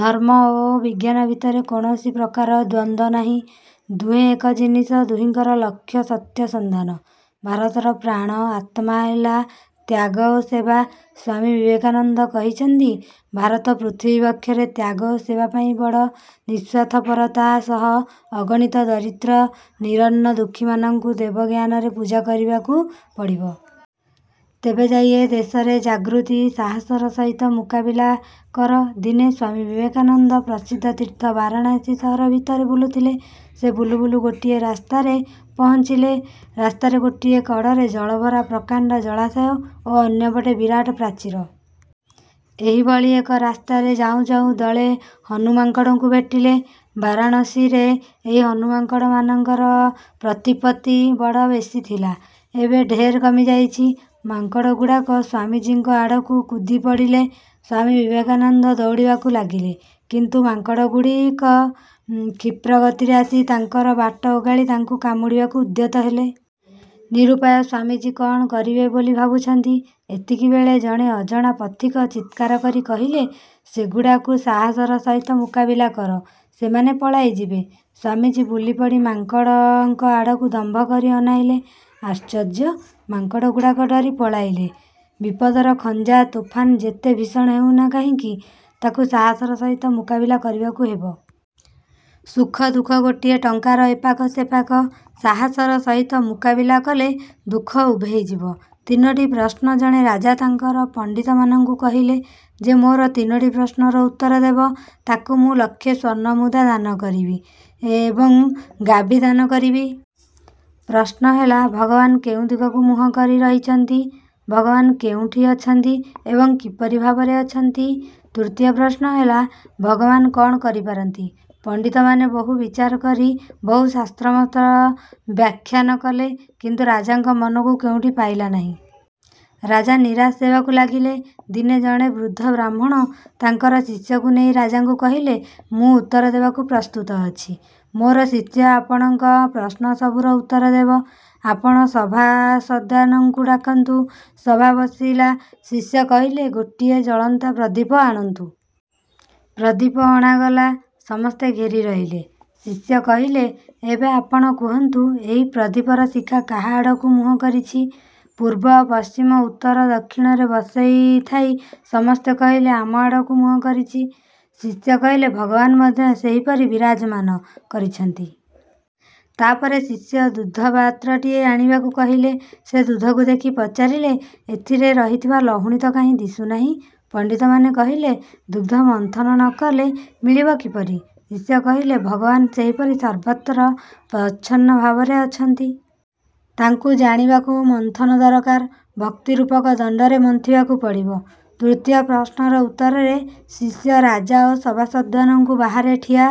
ଧର୍ମ ଓ ବିଜ୍ଞାନ ଭିତରେ କୌଣସି ପ୍ରକାରର ଦ୍ୱନ୍ଦ୍ୱ ନାହିଁ। ଦୁହେଁ ଏକ ଜିନିଷ, ଦୁହିଁଙ୍କର ଲକ୍ଷ୍ୟ-ସତ୍ୟସନ୍ଧାନ। ଭାରତର ପ୍ରାଣ-ଆତ୍ମା ହେଲା ତ୍ୟାଗ ଓ ସେବା। ସ୍ୱାମୀ ବିବେକାନନ୍ଦ କହିଛନ୍ତି, ଭାରତ ପୃଥିବୀବକ୍ଷରେ ତ୍ୟାଗ ଓ ସେବା ପାଇଁ ବଡ଼। ନିଃସ୍ୱାର୍ଥପରତା ସହ ଅଗଣିତ ଦରିଦ୍ର ନିରନ୍ନ ଦୁଃଖୀମାନଙ୍କୁ ଦେବଜ୍ଞାନରେ ପୂଜା କରିବାକୁ ପଡ଼ିବ। ତେବେ ଯାଇଁ ଏ ଦେଶରେ ଜାଗୃତି। ସାହସର ସହିତ ମୁକାବିଲା କର ଦିନେ ସ୍ୱାମୀ ବିବେକାନନ୍ଦ ପ୍ରସିଦ୍ଧ ତୀର୍ଥ ବାରାଣସୀ ସହର ଭିତରେ ବୁଲୁଥିଲେ। ସେ ବୁଲୁ ବୁଲୁ ଗୋଟିଏ ରାସ୍ତାରେ। ପହୁଞ୍ଚିଲେ। ରାସ୍ତାର ଗୋଟିଏ କଡ଼ରେ ଜଳଭରା ପ୍ରକାଣ୍ତ ଜଳାଶୟ ଏବଂ ଅନ୍ୟପଟେ ବିରାଟ ପ୍ରାଚୀର। ଏହିଭଳି ଏକ ରାସ୍ତାରେ ଯାଉଁ ଯାଉଁ ଦଳେ ହନୁମାଙ୍କଡ଼ଙ୍କୁ ଭେଟିଲେ। ବାରାଣସୀରେ ଏହି ହନୁମାଙ୍କଡ଼ମାନଙ୍କର ପ୍ରତିପତ୍ତି ବଡ଼ ବେଶୀ ଥିଲା। ଏବେ ଢେର କମିଯାଇଛି। ମାଙ୍କଡ଼ଗୁଡ଼ାକ ସ୍ୱାମୀଜୀଙ୍କ ଆଡ଼କୁ କୁଦି ପଡ଼ିଲେ। ସ୍ୱାମୀ ବିବେକାନନ୍ଦ ଦୌଡ଼ିବାକୁ ଲାଗିଲେ। କିନ୍ତୁ ମାଙ୍କଡ଼ଗୁଡ଼ାକ କ୍ଷିପ୍ରଗତିରେ ଆସି ତାଙ୍କର ବାଟ ଓଗାଳି ତାଙ୍କୁ କାମୁଡ଼ିବାକୁ ଉଦ୍ୟତ ହେଲେ। ନିରୁପାୟ ସ୍ୱାମୀଜୀ କ'ଣ କରିବେ ବୋଲି ଭାବୁଛନ୍ତି, ଏତିକିବେଳେ ଜଣେ ଅଜଣା ପଥିକ ଚିତ୍କାର କରି କହିଲେ-''ସେଗୁଡ଼ାଙ୍କୁ ସାହସର ସହିତ ମୁକାବିଲା କର, ସେମାନେ ପଳାଇ ଯିବେ। '' ସ୍ୱାମୀଜୀ ବୁଲିପଡ଼ି ମାଙ୍କଡ଼ଙ୍କ ଆଡ଼କୁ ଦମ୍ଭ ଧରି ଅନାଇଲେ। ଆଶ୍ଚର୍ଯ୍ୟ, ମାଙ୍କଡ଼ଗୁଡ଼ାକ ଡରି ପଳାଇଲେ। ବିପଦର ଝଞ୍ଜା-ତୋଫାନ ଯେତେ ଭୀଷଣ ହେଉନା କାହିଁକି, ତାକୁ ସାହସର ସହିତ ମୁକାବିଲା କରିବାକୁ ହେବ। ସୁଖ ଦୁଃଖ ଗୋଟିଏ ଟଙ୍କା'ର ଏପାଖ ସେପାଖ। ସାହସର ସହିତ ମୁକାବିଲା କଲେ ଦୁଃଖ ଉଭେଇ ଯିବ। ତିନୋଟି ପ୍ରଶ୍ନ ଜଣେ ରାଜା ତାଙ୍କର ପଣ୍ତିତମାନଙ୍କୁ କହିଲେ, 'ଯେ ମୋର ତିନୋଟି ପ୍ରଶ୍ନର ଉତ୍ତର ଦେବ, ତାକୁ ମୁଁ ଲକ୍ଷେ ସ୍ୱର୍ଣ୍ଣମୁଦ୍ରା ଦାନ କରିବି ଏବଂ ଗାଭୀ ଦାନ କରିବି। ' ପ୍ରଶ୍ନ ହେଲା-ଭଗବାନ କେଉଁ ଦିଗକୁ ମୁହଁ କରି ରହିଛନ୍ତି? ଭଗବାନ କେଉଁଠି ଅଛନ୍ତି ଏବଂ କିପରି ଭାବରେ ଅଛନ୍ତି? ତୃତୀୟ ପ୍ରଶ୍ନ ହେଲା-ଭଗବାନ କ'ଣ କରିପାରନ୍ତି? ପଣ୍ତିତମାନେ ବହୁ ବିଚାର କରି ବହୁ ଶାସ୍ତ୍ରମତ ବ୍ୟାଖ୍ୟାନ କଲେ, କିନ୍ତୁ ରାଜାଙ୍କ ମନକୁ କେଉଁଟି ପାଇଲା ନାହିଁ। ରାଜା ନିରାଶ ହେବାକୁ ଲାଗିଲେ। ଦିନେ ଜଣେ ବୃଦ୍ଧ ବ୍ରାହ୍ମଣ ତାଙ୍କର ଶିଷ୍ୟଙ୍କୁ ନେଇ ରାଜାଙ୍କୁ କହିଲେ, 'ମୁଁ ଉତ୍ତର ଦେବାକୁ ପ୍ରସ୍ତୁତ ଅଛି। ମୋର ଶିଷ୍ୟ ଆପଣଙ୍କ ପ୍ରଶ୍ନସବୁର ଉତ୍ତର ଦେବ। ଆପଣ ସଭାସଦ୍ମାନଙ୍କୁ ଡାକନ୍ତୁ। ' ସଭା ବସିଲା। ଶିଷ୍ୟ କହିଲେ, 'ଗୋଟିଏ ଜଳନ୍ତା ପ୍ରଦୀପ ଆଣନ୍ତୁ। ' ପ୍ରଦୀପ ଅଣାଗଲା। ସମସ୍ତେ ଘେରି ରହିଲେ। ଶିଷ୍ୟ କହିଲେ, 'ଏବେ ଆପଣ କୁହନ୍ତୁ, ଏହି ପ୍ରଦୀପର ଶିଖା କାହା ଆଡ଼କୁ ମୁହଁ କରିଛି? ' ପୂର୍ବ ପଶ୍ଚିମ ଉତ୍ତର ଦକ୍ଷିଣରେ ବସିଥାଇ ସମସ୍ତେ କହିଲେ; 'ଆମ ଆଡ଼କୁ ମୁହଁ କରିଛି। ' ଶିଷ୍ୟ କହିଲେ, 'ଭଗବାନ ମଧ୍ୟ ଏହିପରି ବିରାଜମମାନ କରିଛନ୍ତି। ତା' ପରେ ଶିଷ୍ୟ ଦୁଧପାତ୍ରଟିଏ ଆଣିବାକୁ କହିଲେ। ସେ ଦୁଧକୁ ଦେଖି ପଚାରିଲେ, 'ଏଥିରେ ରହିଥିବା ଲହୁଣୀ ତ କାହିଁ ଦିଶୁନାହିଁ? ' ପଣ୍ତିତମାନେ କହିଲେ, ''ଦୁଗ୍ଧ ମନ୍ଥନ ନ କଲେ ମିଳିବ କିପରି? '' ଶିଷ୍ୟ କହିଲେ, ଭଗବାନ ଏହିପରି ସର୍ବତ୍ର ପ୍ରଚ୍ଛନ୍ନ ଭାବରେ ଅଛନ୍ତି। ତାଙ୍କୁ ଜାଣିବାକୁ ମନ୍ଥନ ଦରକାର। ଭକ୍ତିରୂପକ ଦଣ୍ତରେ ମନ୍ଥିବାକୁ ପଡ଼ିବ। ତୃତୀୟ ପ୍ରଶ୍ନର ଉତ୍ତରରେ ଶିଷ୍ୟ ରାଜା ଓ ସଭାସଦ୍ମାନଙ୍କୁ ବାହାରେ ଠିଆ